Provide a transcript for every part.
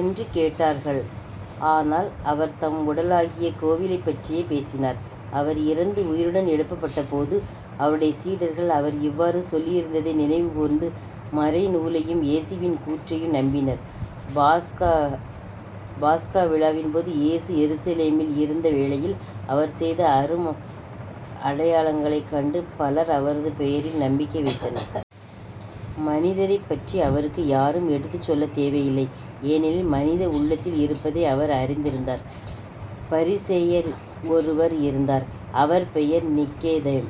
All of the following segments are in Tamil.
என்று கேட்டார்கள். ஆனால் அவர் தம் உடலாகிய கோவிலைப்பற்றியே பேசினார். அவர் இறந்து உயிருடன் எழுப்பப்பட்டபோது அவருடைய சீடர் அவர் இவ்வாறு சொல்லியிருந்ததை நினைவு கூர்ந்து மறைநூலையும் இயேசுவின் கூற்றையும் நம்பினர். பாஸகா விழாவின்போது இயேசு எருசலேமில் இருந்த வேளையில் அவர் செய்த அரும் அடையாளங்களைக் கண்டு பலர் அவரது பெயரில் நம்பிக்கை வைத்தனர். மனிதரைப் பற்றி அவருக்கு யாரும் எடுத்துச் சொல்லத் தேவையில்லை. ஏனெனில் மனித உள்ளத்தில் இருப்பதை அவர் அறிந்திருந்தார். பரிசேயர் ஒருவர் இருந்தார் அவர் பெயர் நிக்கதேம்.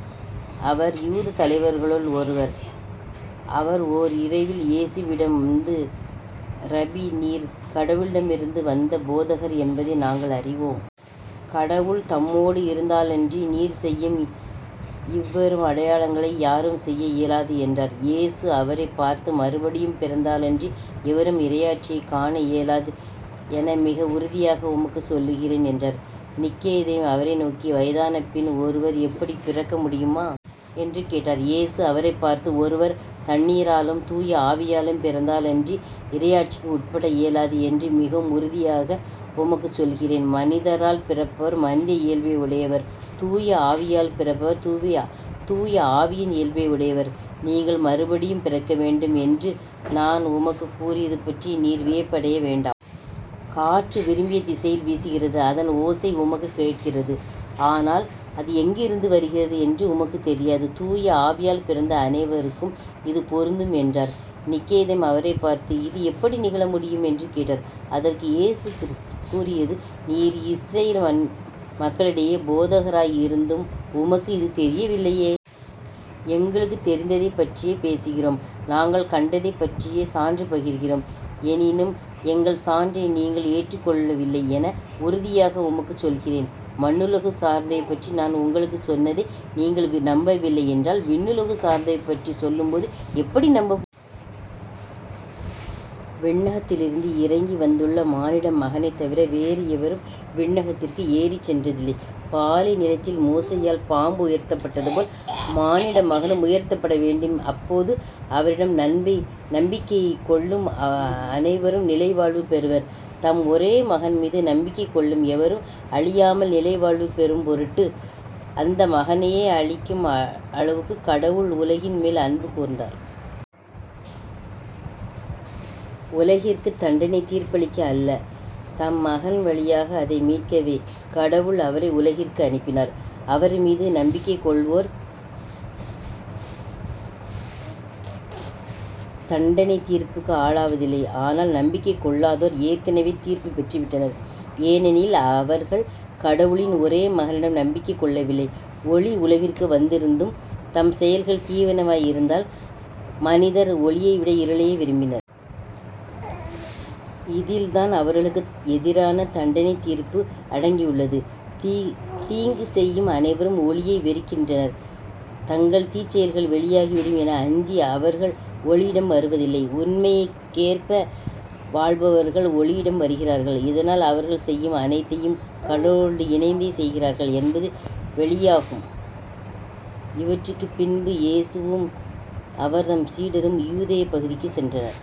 அவர் யூதத் தலைவர்களுள் ஒருவர். அவர் ஓர் இரவில் இயேசுவிடம் வந்து ரபி நீர் கடவுளிடமிருந்து வந்த போதகர் என்பதை நாங்கள் அறிவோம். கடவுள் தம்மோடு இருந்தாலன்றி நீர் செய்யும் இவ்வரும் அடையாளங்களை யாரும் செய்ய இயலாது என்றார். இயேசு அவரைப் பார்த்து மறுபடியும் பிறந்தாலன்றி எவரும் இறையாட்சியைக் காண இயலாது என மிக உறுதியாக உமக்குச் சொல்லுகிறேன் என்றார். நிக்கதேம் அவரைநோக்கி வயதானபின் ஒருவர் எப்படிப் பிறக்க முடியுமா? என்று கேட்டார். இயேசு அவரைப் பார்த்து ஒருவர் தண்ணீராலும் தூய ஆவியாலும் பிறந்தாலன்றி இறையாட்சிக்கு உட்பட இயலாது என்று மிக உறுதியாக உமக்குச் சொல்கிறேன். மனிதரால் பிறப்பவர் மனித இயல்பை உடையவர். தூய ஆவியால் பிறப்பவர் தூய ஆவியின் இயல்பை உடையவர். நீங்கள் மறுபடியும் பிறக்கவேண்டும் என்று நான் உமக்குக் கூறியது பற்றி நீர் வியப்படைய வேண்டாம். காற்று விரும்பிய திசையில் வீசுகிறது. அதன் ஓசை உமக்குக் கேட்கிறது. ஆனால் அது எங்கிருந்து வருகிறது என்றும் உமக்குத் தெரியாது. தூய ஆவியால் பிறந்த அனைவருக்கும் இது பொருந்தும் என்றார். நிக்கதேம் அவரைப் பார்த்து இது எப்படி நிகழ முடியும்? என்று கேட்டார். அதற்கு இயேசு கூறியது நீர் இஸ்ரயேல் மக்களிடையே போதகராய் இருந்தும் உமக்கு இது தெரியவில்லையே. எங்களுக்குத் தெரிந்ததைப் பற்றியே பேசுகிறோம் நாங்கள் கண்டதைப் பற்றியே சான்று பகர்கின்றோம். எனினும் எங்கள் சான்றை நீங்கள் ஏற்றுக்கொள்வதில்லை என உறுதியாக உமக்குச் சொல்கிறேன். மண்ணுலகு சார்ந்தவை பற்றி நான் உங்களுக்குச் சொன்னதை நீங்கள் நம்பவில்லை என்றால் விண்ணுலகு சார்ந்தவை பற்றிச் சொல்லும் போது எப்படி நம்பப்போகிறீர்கள்? விண்ணகத்திலிருந்து இறங்கி வந்துள்ள மானிட மகனைத் தவிர வேறு எவரும் விண்ணகத்திற்கு ஏறிச் சென்றதில்லை. பாலைநிலத்தில் மோசேயால் பாம்பு உயர்த்தப்பட்டது போல மானிடமகனும் உயர்த்தப்பட வேண்டும். அப்போது அவரிடம் நம்பிக்கை கொள்ளும் அனைவரும் நிலைவாழ்வு பெறுவர். தம் ஒரே மகன் மீது நம்பிக்கை கொள்ளும் எவரும் அழியாமல் நிலைவாழ்வு பெறும் பொருட்டு அந்த மகனையே அளிக்கும் அளவுக்குக் கடவுள் உலகின்மேல் அன்பு கூர்ந்தார். உலகிற்குத் தண்டனைத் தீர்ப்பளிக்க அல்ல தம் மகன் வழியாக அதை மீட்கவே கடவுள் அவரை உலகிற்கு அனுப்பினார். அவர்மீது நம்பிக்கை கொள்வோர் தண்டனைத் தீர்ப்புக்கு ஆளாவதில்லை ஆனால் நம்பிக்கை கொள்ளாதோர் ஏற்கெனவே தீர்ப்புப் பெற்றுவிட்டனர். ஏனெனில் அவர்கள் கடவுளின் ஒரே மகனிடம் நம்பிக்கை கொள்ளவில்லை. ஒளி உலகிற்கு வந்திருந்தும் தம் செயல்கள் தீயனவாய் இருந்ததால் மனிதர் ஒளியைவிட இருளையே விரும்பினர். இதில்தான் அவர்களுக்கு எதிரான தண்டனைத் தீர்ப்பு அடங்கியுள்ளது. தீங்கு செய்யும் அனைவரும் ஒளியை வெறுக்கின்றனர். தங்கள் தீச்செயல்கள் வெளியாகிவிடும் என அஞ்சி அவர்கள் ஒளியிடம் வருவதில்லை. உண்மைக்கேற்ப வாழ்பவர் ஒளியிடம் வருகிறார்கள். இதனால் அவர்கள் செய்யும் அனைத்தையும் கடவுளோடு இணைந்தே செய்கிறார்கள் என்பது வெளியாகும். இவற்றுக்குப் பின்பு இயேசுவும் அவர்தம் சீடரும் யூதேயப் பகுதிக்குச் சென்றனர்.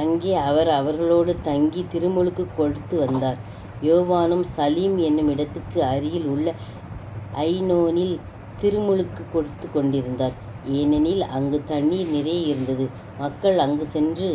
அங்கே அவர் அவர்களோடு தங்கித் திருமுழுக்குக் கொடுத்து வந்தார். யோவானும் சலீம் என்னும் இடத்துக்கு அருகில் உள்ள அயினோனில் திருமுழுக்குக் கொடுத்துக் கொண்டிருந்தார். ஏனெனில் அங்குத் தண்ணீர் நிறைய இருந்தது. மக்கள் அங்கு சென்று